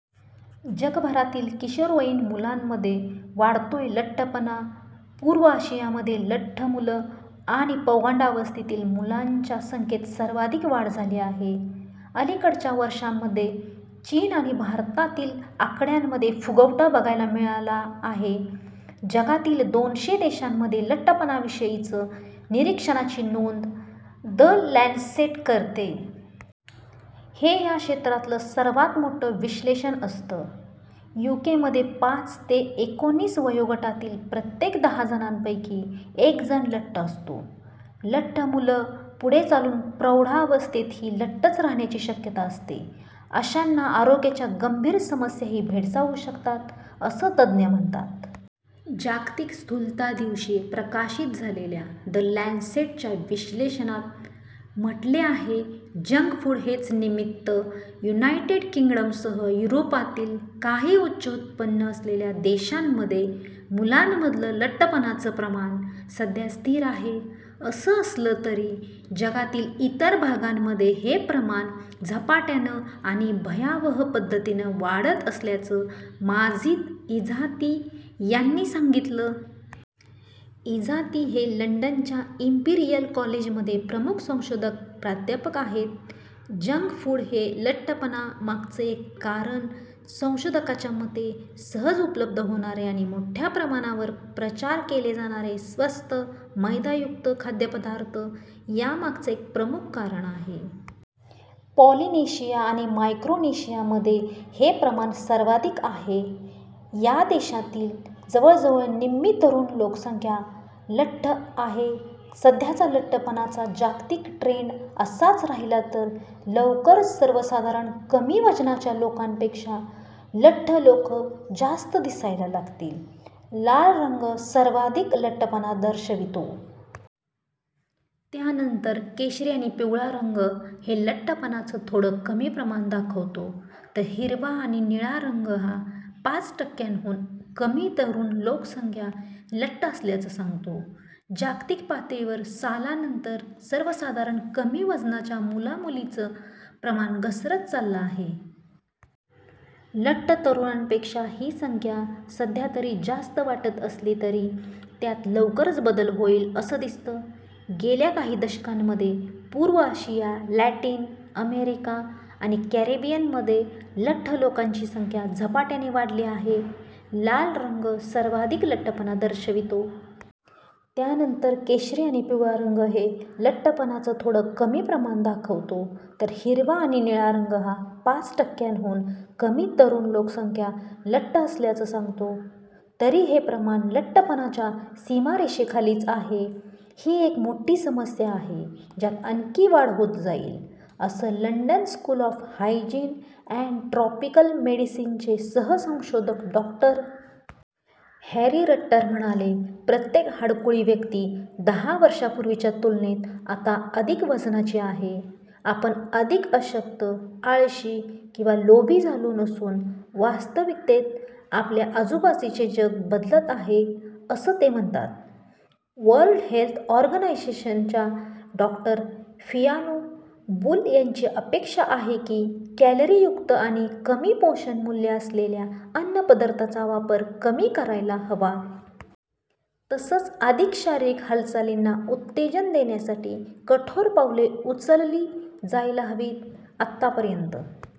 जगभरातील किशोरवयीन मुलांमध्ये वाढतोय लठ्ठपणा पूर्व आशियामध्ये लठ्ठ मुलं आणि पौगंडावस्थेतील मुलांच्या संख्येत सर्वाधिक वाढ झाली आहे. अलिकडच्या वर्षांमध्ये चीन आणि भारतातील आकड्यांमध्ये फुगवटा बघायला मिळाला आहे. जगातील दोनशे देशांमध्ये लठ्ठपणाविषयीचं निरक्षणाची नोंद 'द लॅन्सेट' करते. हे या क्षेत्रातलं सर्वांत मोठं विश्लेषण असतं. यूकेमध्ये पाच ते एकोणीस वयोगटातील प्रत्येक दहा जणांपैकी एकजण लठ्ठ असतो. लठ्ठ मुलं पुढे चालून प्रौढावस्थेतही लठ्ठच राहण्याची शक्यता असते. अशांना आरोग्याच्या गंभीर समस्याही भेडसावू शकतात, असं तज्ज्ञ म्हणतात. जागतिक स्थूलता दिवशी प्रकाशीत झालेल्या 'द लॅन्सेट'च्या विश्लेषणात म्हटले आहे. जंकफूड हेच निमित्त युनायटेड किंगडमसह युरोपातील काही उच्च उत्पन्न असलेल्या देशांमध्ये मुलांमधलं लठ्ठपणाचं प्रमाण सध्या स्थिर आहे. असं असलं तरी जगातील इतर भागांमध्ये हे प्रमाण झपाट्यानं आणि भयावह पद्धतीनं वाढत असल्याचं माजिद इझाती यांनी सांगितलं. इझाती हे लंडनच्या इंपिरियल कॉलेजमध्ये प्रमुख संशोधक प्राध्यापक आहेत. जंक फूड हे लठ्ठपणा मागचं एक कारण संशोधकांच्या मते सहज उपलब्ध होणारे आणि मोठ्या प्रमाणावर प्रचार केले जाणारे स्वस्त मैदायुक्त खाद्यपदार्थ यामागचं एक प्रमुख कारण आहे. पॉलिनेशिया आणि मायक्रोनेशियामध्ये हे प्रमाण सर्वाधिक आहे. या देशांतील जवळजवळ निम्मी तरुण लोकसंख्या लठ्ठ आहे. सध्याचा लठ्ठपणाचा जागतिक ट्रेंड असाच राहिला तर लवकरच सर्वसाधारण कमी वजनाच्या लोकांपेक्षा लठ्ठ लोकं जास्त दिसायला लागतील. लाल रंग सर्वाधिक लठ्ठपणा दर्शवितो. त्यानंतर केशरी आणि पिवळा रंग हे लठ्ठपणाचं थोडं कमी प्रमाण दाखवतो. तर हिरवा आणि निळा रंग हा पाच टक्क्यांहून कमी तरुण लोकसंख्या लठ्ठ असल्याचं सांगतो. जागतिक पातळीवर सालानंतर सर्वसाधारण कमी वजनाच्या मुलामुलींचं प्रमाण घसरत चाललं आहे. लठ्ठ तरुणांपेक्षा ही संख्या सध्यातरी जास्त वाटत असली तरी त्यात लवकरच बदल होईल असं दिसतं. गेल्या काही दशकांमध्ये पूर्व आशिया, लॅटिन अमेरिका आणि कॅरेबियनमध्ये लठ्ठ लोकांची संख्या झपाट्याने वाढली आहे. लाल रंग सर्वाधिक लठ्ठपणा दर्शवितो. त्यानंतर केशरी आणि पिवळा रंग हे लठ्ठपणाचं थोडं कमी प्रमाण दाखवतो. तर हिरवा आणि निळा रंग हा पाच टक्क्यांहून कमी तरुण लोकसंख्या लठ्ठ असल्याचं सांगतो. तरी हे प्रमाण लठ्ठपणाच्या सीमारेषेखालीच आहे. ही एक मोठी समस्या आहे ज्यात आणखी वाढ होत जाईल असं London School of Hygiene and Tropical मेडिसिनचे सहसंशोधक डॉ. हॅरी रट्टर म्हणाले. प्रत्येक हाडकुळी व्यक्ती दहा वर्षांपूर्वीच्या तुलनेत आता अधिक वजनाची आहे. आपण अधिक अशक्त, आळशी किंवा लोभी झालो नसून वास्तविकतेत आपल्या आजूबाजूचे जग बदलत आहे असं ते म्हणतात. वर्ल्ड हेल्थ ऑर्गनायझेशन च्या डॉ फियोना बुल यांची अपेक्षा आहे की कॅलरीयुक्त आणि कमी पोषणमूल्य असलेल्या अन्नपदार्थांचा वापर कमी करायला हवा. तसंच अधिक शारीरिक हालचालींना उत्तेजन देण्यासाठी कठोर पावले उचलली जायला हवीत. आतापर्यंत